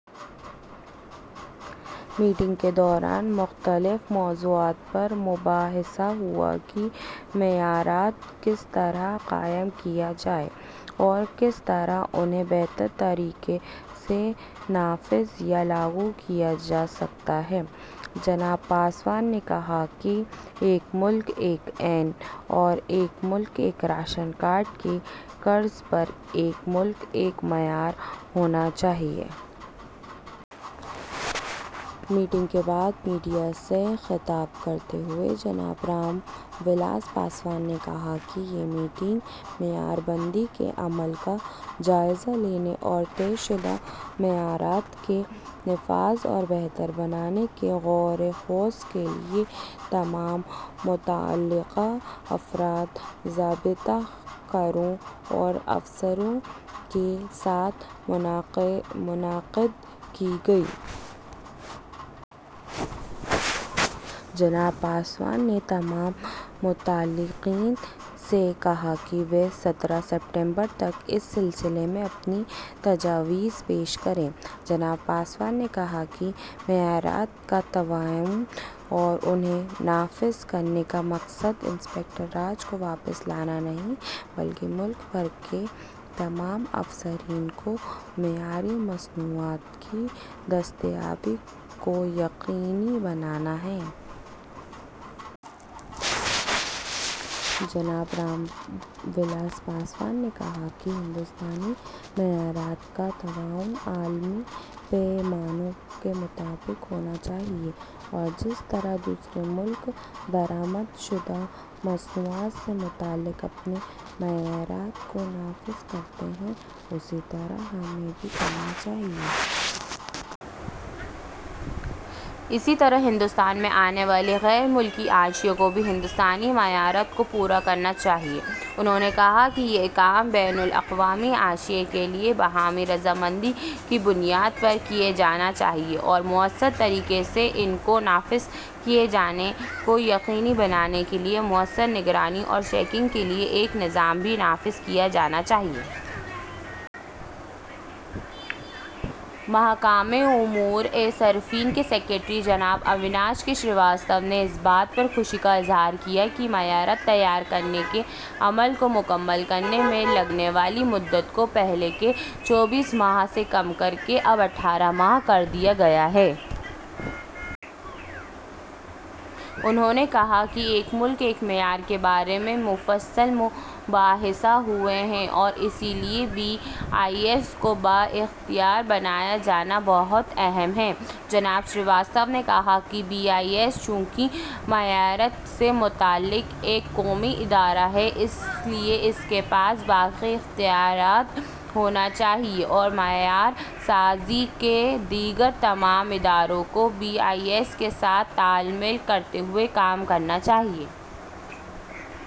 Meeting کے دوران مختلف موضوعات پر مباحثہ ہوا کہ معیارات کس طرح قائم کیے جائیں اور کس طرح انہیں بہتر طریقے سے نافذ یا لاگو کیا جا سکتا ہے۔ جناب پاسوان نے کہا کہ ایک ملک ایک آئین اور ایک ملک ایک راشن کارڈ کی طرز پر ایک ملک ایک معیار ہونا چاہیے۔ میٹنگ کے بعد میڈیا سے خطاب کرتے ہوئے جناب رام ولاس پاسوان نے کہا کہ یہ میٹنگ معیار بندی کے عمل کا جائزہ لینے اور طے شدہ معیارات کے نفاذ کو بہتر بنانے پر غور و خوض کے لیے تمام متعلقین، ضابطہ کاروں اور افسروں کے ساتھ منعقد کی گئی۔ جناب پاسوان نے تمام متعلقین سے کہا کہ وہ سترہ ستمبر تک اس سلسلے میں اپنی تجاویز پیش کریں۔ جناب پاسوان نے کہا کہ معیارات کا تعین اور انہیں نافذ کرنے کا مقصد انسپکٹر راج کو واپس لانا نہیں بلکہ ملک بھر کے تمام صارفین کو معیاری مصنوعات کی دستیابی کو یقینی بنانا ہے۔ جناب رام ولاس پاسوان نے کہا کہ ہندوستانی معیارات کا تعین عالمی پیمانوں کے مطابق ہونا چاہیے اور جس طرح دوسرے ملک درآمد شدہ مصنوعات سے متعلق اپنے معیارات کو نافذ کرتے ہیں، اسی طرح ہمیں بھی کرنا چاہیے۔ اسی طرح ہندوستان میں آنے والی غیر ملکی اشیا کو بھی ہندوستانی معیارات کو پورا کرنا چاہیے۔ انہوں نے کہا کہ یہ کام بین الاقوامی اشیا کے لیے باہمی رضامندی کی بنیاد پر کیا جانا چاہیے اور مؤثر طریقے سے ان کو نافذ کیے جانے کو یقینی بنانے کے لیے مؤثر نگرانی اور چیکنگ کے لیے ایک نظام بھی نافذ کیا جانا چاہیے۔ محکمہ امور صارفین کے سکریٹری جناب اویناش کے شریواستو نے اس بات پر خوشی کا اظہار کیا کہ معیارات تیار کرنے کے عمل کو مکمل کرنے میں لگنے والی مدت کو پہلے کے چوبیس ماہ سے کم کرکے اب اٹھارہ ماہ کر دیا گیا ہے۔ انہوں نے کہا کہ ایک ملک ایک معیار کے بارے میں مفصل مباحثے ہوئے ہیں اور اسی لیے بی آئی ایس کو بااختیار بنایا جانا بہت اہم ہے۔ جناب شریواستو نے کہا کہ بی آئی ایس چونکہ معیارات سے متعلق ایک قومی ادارہ ہے، اس لیے اس کے پاس باقی اختیارات ہونے چاہئیں اور معیار سازی کے دیگر تمام اداروں کو بی آئی ایس کے ساتھ تال میل کرتے ہوئے کام کرنا چاہیے۔